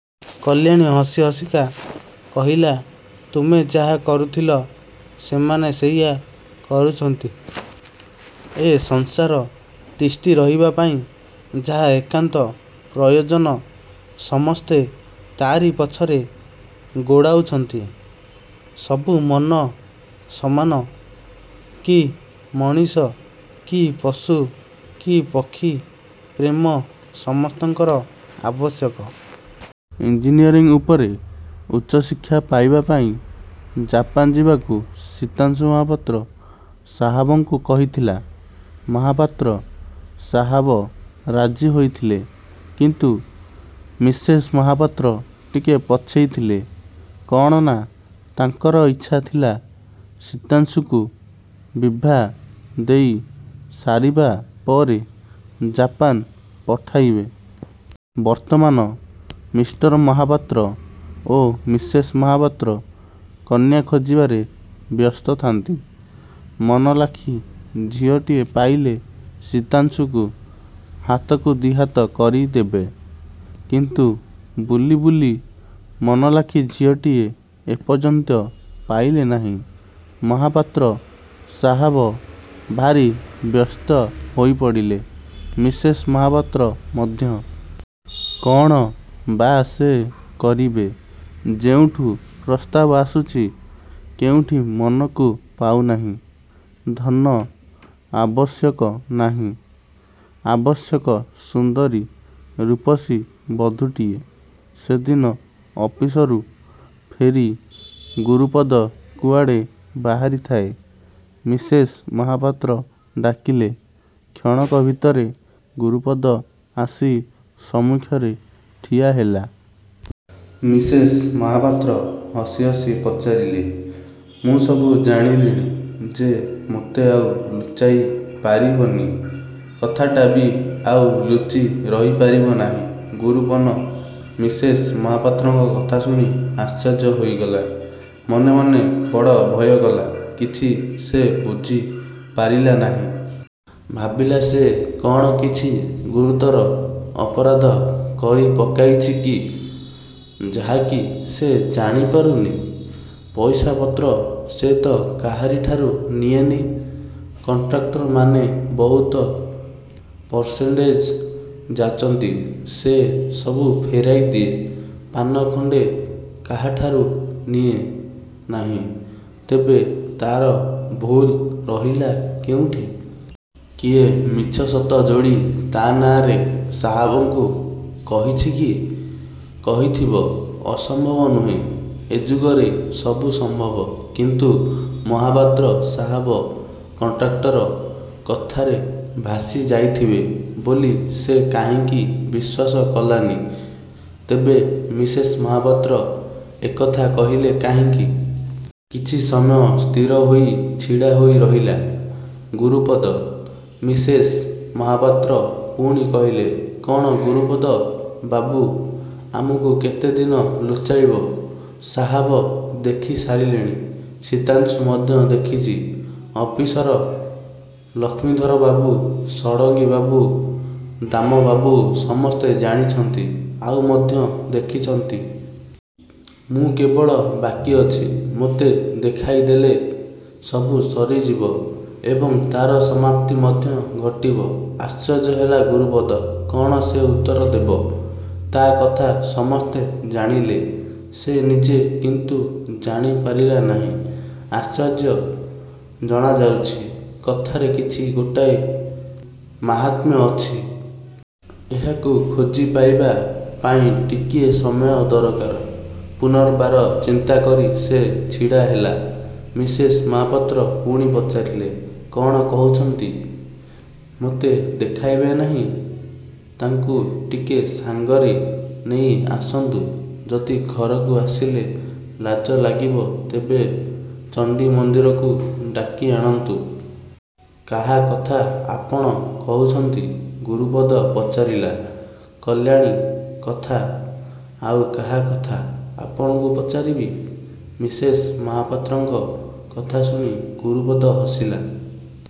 କଲ୍ୟାଣୀ ହସି ହସିକା କହିଲା ତୁମେ ଯାହା କରୁଥିଲ ସେମାନେ ସେଇଆ କରୁଛନ୍ତି। ଏ ସଂସାର ତିଷ୍ଠି ରହିବା ପାଇଁ ଯାହା ଏକାନ୍ତ ପ୍ରୟୋଜନ ସମସ୍ତେ ତା'ରି ପଛରେ ଗୋଡ଼ାଉଛନ୍ତି। ସବୁ ମନ ସମାନ। କି ମଣିଷ, କି ପଶୁ, କି ପକ୍ଷୀ; ପ୍ରେମ ସମସ୍ତଙ୍କର ଆବଶ୍ୟକ। ଇଞ୍ଜିନିୟରିଂ ଉପରେ ଉଚ୍ଚ ଶିକ୍ଷା ପାଇବା ପାଇଁ ଜାପାନ୍ ଯିବାକୁ ଶୀତାଂଶୁ ମହାପାତ୍ର ସାହାବଙ୍କୁ କହିଥିଲା। ମହାପାତ୍ର ସାହାବ ରାଜି ହୋଇଥିଲେ; କିନ୍ତୁ ମିସେସ୍ ମହାପାତ୍ର ଟିକେ ପଛେଇ ଥିଲେ କ'ଣ ନା ତାଙ୍କର ଇଚ୍ଛା ଥିଲା, ଶୀତାଂଶୁକୁ ବିଭା ଦେଇ ସାରିବା ପରେ ଜାପାନ୍ ପଠାଇବେ। ବର୍ତ୍ତମାନ ମିଷ୍ଟର ମହାପାତ୍ର ଓ ମିସେସ୍ ମହାପାତ୍ର କନ୍ୟା ଖୋଜିବାରେ ବ୍ୟସ୍ତ ଥାନ୍ତି। ମନ ଲାଖି ଝିଅଟିଏ ପାଇଲେ ଶୀତାଂଶୁକୁ ହାତକୁ ଦି'ହାତ କରିଦେବେ। କିନ୍ତୁ ବୁଲି ବୁଲି ମନଲାଖି ଝିଅଟିଏ ଏପର୍ଯ୍ୟନ୍ତ ପାଇଲେ ନାହିଁ। ମହାପାତ୍ର ସାହାବ ଭାରି ବ୍ୟସ୍ତ ହୋଇପଡ଼ିଲେ। ମିସେସ୍ ମହାପାତ୍ର ମଧ୍ୟ। କ'ଣ ବା ସେ କରିବେ? ଯେଉଁଠୁ ପ୍ରସ୍ତାବ ଆସୁଛି କେଉଁଠି ମନକୁ ପାଉନାହିଁ। ଧନ ଆବଶ୍ୟକ ନାହିଁ, ଆବଶ୍ୟକ ସୁନ୍ଦରୀ, ରୂପସୀ ବଧୂଟିଏ। ସେଦିନ ଅଫିସରୁ ଫେରି ଗୁରୁପଦ କୁଆଡ଼େ ବାହାରି ଥାଏ। ମିସେସ୍ ମହାପାତ୍ର ଡାକିଲେ। କ୍ଷଣକ ଭିତରେ ଗୁରୁପଦ ଆସି ସମ୍ମୁଖରେ ଠିଆ ହେଲା। ମିସେସ୍ ମହାପାତ୍ର ହସି ହସି ପଚାରିଲେ, ମୁଁ ସବୁ ଜାଣିଲିଣି ଯେ, ମୋତେ ଆଉ ଲୁଚାଇ ପାରିବନି। କଥାଟା ବି ଆଉ ଲୁଚି ରହିପାରିବ ନାହିଁ। ଗୁରୁପନ ମିସେସ୍ ମହାପାତ୍ରଙ୍କ କଥା ଶୁଣି ଆଶ୍ଚର୍ଯ୍ୟ ହୋଇଗଲା। ମନେ ମନେ ବଡ଼ ଭୟ କଲା। କିଛି ସେ ବୁଝି ପାରିଲା ନାହିଁ। ଭାବିଲା ସେ କ'ଣ କିଛି ଗୁରୁତର ଅପରାଧ କରି ପକାଇଛି କି? ଯାହାକି ସେ ଜାଣି ପାରୁନି। ପଇସାପତ୍ର ସେ ତ କାହାରିଠାରୁ ନିଏନି। କଣ୍ଟ୍ରାକ୍ଟରମାନେ ବହୁତ ପରସେଣ୍ଟଜ ଯାଚନ୍ତି, ସେ ସବୁ ଫେରାଇ ଦିଏ। ପାନ ଖଣ୍ଡେ କାହାଠାରୁ ନିଏ ନାହିଁ। ତେବେ ତା'ର ଭୁଲ୍ ରହିଲା କେଉଁଠି? କିଏ ମିଛ ସତ ଯୋଡ଼ି ତା' ନାଁରେ ସାହାବଙ୍କୁ କହିଛି କି? କହିଥିବ, ଅସମ୍ଭବ ନୁହେଁ ଏ ଯୁଗରେ ସବୁ ସମ୍ଭବ। କିନ୍ତୁ ମହାପାତ୍ର ସାହାବ କଣ୍ଟ୍ରାକ୍ଟର କଥାରେ ଭାସି ଯାଇଥିବେ ବୋଲି ସେ କାହିଁକି ବିଶ୍ୱାସ କଲାନି। ତେବେ ମିସେସ୍ ମହାପାତ୍ର ଏକଥା କହିଲେ କାହିଁକି? କିଛି ସମୟ ସ୍ଥିର ହୋଇ ଛିଡ଼ା ହୋଇ ରହିଲା ଗୁରୁପଦ। ମିସେସ୍ ମହାପାତ୍ର ପୁଣି କହିଲେ କ'ଣ ଗୁରୁପଦ ବାବୁ ଆମକୁ କେତେ ଦିନ ଲୁଚାଇବ। ସାହାବ ଦେଖି ସାରିଲେଣି ଶୀତାଂଶୁ ମଧ୍ୟ ଦେଖିଛି। ଅଫିସର ଲକ୍ଷ୍ମୀଧରବାବୁ, ଷଢ଼ଙ୍ଗୀବାବୁ, ଦାମବାବୁ ସମସ୍ତେ ଜାଣିଛନ୍ତି। ଆଉ ମଧ୍ୟ ଦେଖିଛନ୍ତି। ମୁଁ କେବଳ ବାକି ଅଛି, ମୋତେ ଦେଖାଇଦେଲେ ସବୁ ସରିଯିବ ଏବଂ ତା'ର ସମାପ୍ତି ମଧ୍ୟ ଘଟିବ। ଆଶ୍ଚର୍ଯ୍ୟ ହେଲା ଗୁରୁପଦ କ'ଣ ସେ ଉତ୍ତର ଦେବ? ତା' କଥା ସମସ୍ତେ ଜାଣିଲେ, ସେ ନିଜେ କିନ୍ତୁ ଜାଣିପାରିଲା ନାହିଁ। ଆଶ୍ଚର୍ଯ୍ୟ ଜଣାଯାଉଛି, କଥାରେ କିଛି ଗୋଟାଏ ମାହାତ୍ମ୍ୟ ଅଛି। ଏହାକୁ ଖୋଜି ପାଇବା ପାଇଁ ଟିକିଏ ସମୟ ଦରକାର। ପୁନର୍ବାର ଚିନ୍ତାକରି ସେ ଛିଡ଼ା ହେଲା। ମିସେସ୍ ମହାପାତ୍ର ପୁଣି ପଚାରିଲେ, କ'ଣ କହୁଛନ୍ତି? ମୋତେ ଦେଖାଇବେ ନାହିଁ? ତାଙ୍କୁ ଟିକେ ସାଙ୍ଗରେ ନେଇ ଆସନ୍ତୁ ଯଦି ଘରକୁ ଆସିଲେ ଲାଜ ଲାଗିବ ତେବେ ଚଣ୍ଡୀମନ୍ଦିରକୁ ଡାକି ଆଣନ୍ତୁ। କାହା କଥା ଆପଣ କହୁଛନ୍ତି? ଗୁରୁପଦ ପଚାରିଲା। କଲ୍ୟାଣୀ କଥା। ଆଉ କାହା କଥା ଆପଣଙ୍କୁ ପଚାରିବି? ମିସେସ୍ ମହାପାତ୍ରଙ୍କ କଥାଶୁଣି ଗୁରପଦ ହସିଲା।